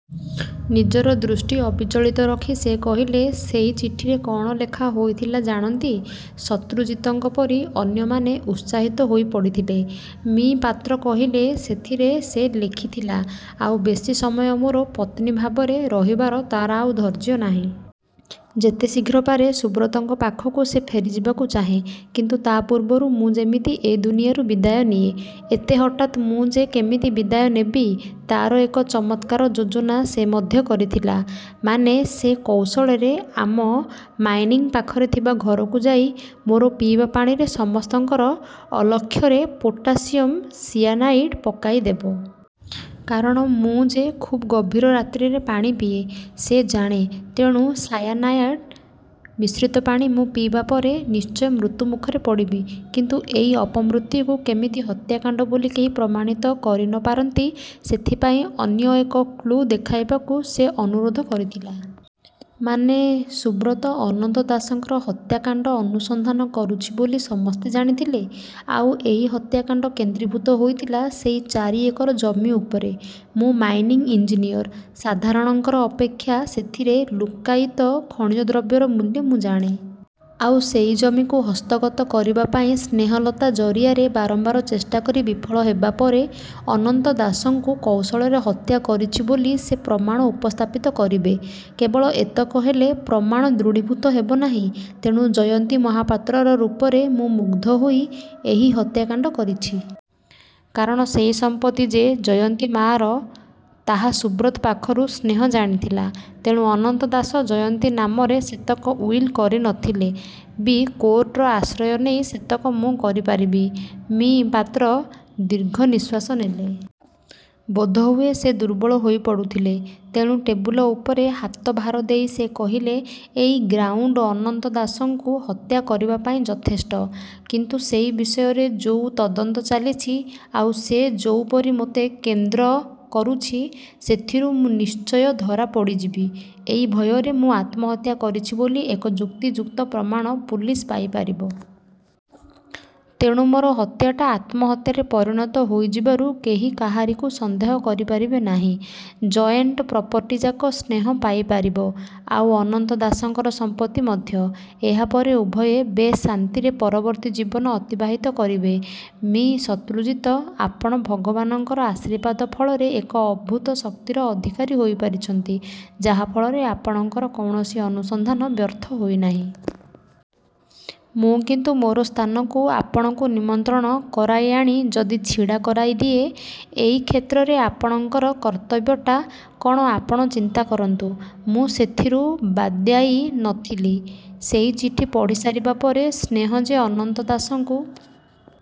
ନିଜର ଦୃଷ୍ଟି ଅବିଚଳିତ ରଖି ସେ କହିଲେ, 'ସେଇ ଚିଠିରେ କ'ଣ ଲେଖା ହେଇଥିଲା ଜାଣନ୍ତି? ' 'ଶତ୍ରୁଜିତଙ୍କ ପରି ଅନ୍ୟମାନେ ଉତ୍ସାହିତ ହେଇପଡ଼ିଥିଲେ। ମି:ପାତ୍ର କହିଲେ, 'ସେଥିରେ ସେ ଲେଖିଥିଲା-ଆଉ ବେଶୀ ସମୟ ମୋର ପତ୍ନୀ ଭାବରେ ରହିବାର ତାର ଆଉ ଧୈର୍ଯ୍ୟ ନାହିଁ। ଯେତେ ଶୀଘ୍ର ପାରେ ସୁବ୍ରତଙ୍କ ପାଖକୁ ସେ ଫେରିଯିବାକୁ ଚାହେଁ। କିନ୍ତୁ ତା' ପୂର୍ବରୁ ମୁଁ ଯେମିତି ଏ ଦୁନିଆରୁ ବିଦାୟ ନିଏଁ। ଏତେ ହଠାତ୍ ମୁଁ ଯେ କେମିତି ବିଦାୟ ନେବି, ତା'ର ଏକ ଚମତ୍କାର ଯୋଜନା ସେ ମଧ୍ୟ କରିଥିଲା। ମାନେ, ସେ କୌଶଳରେ ଆମ ମାଇନିଂ ପାଖରେ ଥିବା ଘରକୁ ଯାଇ ମୋର ପିଇବା ପାଣିରେ ସମସ୍ତଙ୍କ ଅଲକ୍ଷ୍ୟରେ ପୋଟାସିଅମ ସାଇନାଏଡ଼୍ ପକାଇଦେବ। କାରଣ ମୁଁ ଯେ ଖୁବ୍ ଗଭୀର ରାତ୍ରରେ ପାଣି ପିଏଁ, ସେ ଜାଣେ। ତେଣୁ ସାୟାନାଇଡ଼୍ ମିଶ୍ରିତ ପାଣି ମୁଁ ପିଇବା ପରେ ପରେ ନିଶ୍ଚୟ ମୃତ୍ୟୁ ମୁଖରେ ପଡ଼ିବି। କିନ୍ତୁ ଏଇ ଅପମୃତ୍ୟୁକୁ କେମିତି ହତ୍ୟାକାଣ୍ଡ ବୋଲି କେହି ପ୍ରମାଣିତ କରି ନ ପାରନ୍ତି ସେଥିପାଇଁ ଅନ୍ୟ ଏକ କ୍ଳୁ ଦେଖାଇବାକୁ ସେ ଅନୁରୋଧ କରିଥିଲା। ' 'ମାନେ? ' 'ସୁବ୍ରତ ଅନନ୍ତ ଦାସଙ୍କ ହତ୍ୟାକାଣ୍ଡ ଅନୁସନ୍ଧାନ କରୁଛି ବୋଲି ସମସ୍ତେ ଜାଣିଥିଲେ। ଆଉ ଏଇ ହତ୍ୟାକାଣ୍ଡ କେନ୍ଦ୍ରୀଭୂତ ହେଇଥିଲା ସେଇ ଚାରି ଏକର ଜମି ଉପରେ। ମୁଁ ମାଇନିଂ ଇଞ୍ଜିନିୟର। ସାଧାରଣଙ୍କ ଅପେକ୍ଷା ସେଥିର ଲୁକ୍କାୟିତ ଖଣିଜ ଦ୍ରବ୍ୟର ମୂଲ୍ୟ ମୁଁ ଜାଣେ। ଆଉ ସେଇ ଜମିକୁ ହସ୍ତଗତ କରିବାପାଇଁ ସ୍ନେହଲତା ଜରିଆରେ ବାରମ୍ବାର ଚେଷ୍ଟା କରି ବିଫଳ ହେବା ପରେ ଅନନ୍ତ ଦାସଙ୍କୁ କୌଶଳରେ ହତ୍ୟା କରିଛି ବୋଲି ସେ ପ୍ରମାଣ ଉପସ୍ଥାପିତ କରିବେ। କେବଳ ଏତକ ହେଲେ ପ୍ରମାଣ ଦୃଢ଼ୀଭୂତ ହେବ ନାହିଁ। ତେଣୁ ଜୟନ୍ତୀ ମହାପାତ୍ରର ରୂପରେ ମୁଁ ମୁଗ୍ଧ ହୋଇ ଏହି ହତ୍ୟାକାଣ୍ଡ କରିଛି। କାରଣ ସେଇ ସମ୍ପତ୍ତି ଯେ ଜୟନ୍ତୀ ମାଆର ତାହା ସୁବ୍ରତ ପାଖରୁ ସ୍ନେହ ଜାଣିଥିଲା। ତେଣୁ ଅନନ୍ତ ଦାସ ଜୟନ୍ତୀ ନାମରେ ସେତକ ଉଇଲ କରି ନ। ଥିଲେ ବି କୋର୍ଟର ଆଶ୍ରୟ ନେଇ ସେତକ ମୁଁ କରିପାରିବି। ମି: ପାତ୍ର ଦୀର୍ଘ ନିଶ୍ୱାସ ନେଲେ। ବୋଧହୁଏ ସେ ଦୁର୍ବଳ ହେଇପଡ଼ୁଥିଲେ। ତେଣୁ ଟେବୁଲ ଉପରେ ହାତଭାର ଦେଇ ସେ କହିଲେ,'ଏଇ ଗ୍ରାଉଣ୍ଡ ଅନନ୍ତ ଦାସଙ୍କୁ ହତ୍ୟା କରିବାପାଇଁ ଯଥେଷ୍ଟ। କିନ୍ତୁ ସେଇ ବିଷୟରେ ଯୋଉ ତଦନ୍ତ ଚାଲିଛି, ଆଉ ସେ ଯୋଉପରି ମୋତେ କେନ୍ଦ୍ର କରୁଛି, ସେଥିରୁ ମୁଁ ନିଶ୍ଚୟ ଧରାପଡ଼ିଯିବି ଏଇ ଭୟରେ ମୁଁ ଆତ୍ମହତ୍ୟା କରିଛି ବୋଲି ଏକ ଯୁକ୍ତିଯୁକ୍ତ ପ୍ରମାଣ ପୋଲିସ ପାଇପାରିବ। ତେଣୁ ମୋର ହତ୍ୟାଟା ଆତ୍ମହତ୍ୟାରେ ପରିଣତ ହେଇଯିବାରୁ କେହି କାହାରିକୁ ସନ୍ଦେହ କରିପାରିବେ ନାହିଁ। ଜଏଣ୍ଟ ପ୍ରପର୍ଟିଯାକ ସ୍ନେହ ପାଇପାରିବ, ଆଉ ଅନନ୍ତ ଦାସଙ୍କର ସମ୍ପତ୍ତି ମଧ୍ୟ। ଏହା ପରେ ଉଭୟେ ବେଶ୍ ଶାନ୍ତିରେ ପରବର୍ତ୍ତୀ ଜୀବନ ଅତିବାହିତ କରିପାରିବେ। 'ମି: ଶତ୍ରୁଜିତ ଆପଣ ଭଗବାନଙ୍କ ଆଶୀର୍ବାଦ ଫଳରେ ଏକ ଅଭୂତ ଶକ୍ତିର ଅଧିକାରୀ ହେଇପାରିଛନ୍ତି, ଯାହା ଫଳରେ ଆପଣଙ୍କର କୌଣସି ଅନୁସନ୍ଧାନ ବ୍ୟର୍ଥ ହେଇନାହିଁ। ମୁଁ କିନ୍ତୁ ମୋର ସ୍ଥାନକୁ ଆପଣଙ୍କୁ ନିମନ୍ତ୍ରଣ କରାଇଆଣି ଯଦି ଛିଡ଼ା କରାଇଦିଏ। ଏଇ କ୍ଷେତ୍ରରେ ଆପଣଙ୍କର କର୍ତ୍ତବ୍ୟଟା କ'ଣ ଆପଣ ଚିନ୍ତା କରନ୍ତୁ। ମୁଁ ସେଥିରୁ ବାଦ୍ଯାଇ ନ ଥିଲି। ସେଇ ଚିଠି ପଢ଼ିସାରିବାପରେ ସ୍ନେହ ଯେ ଅନନ୍ତ ଦାସଙ୍କୁ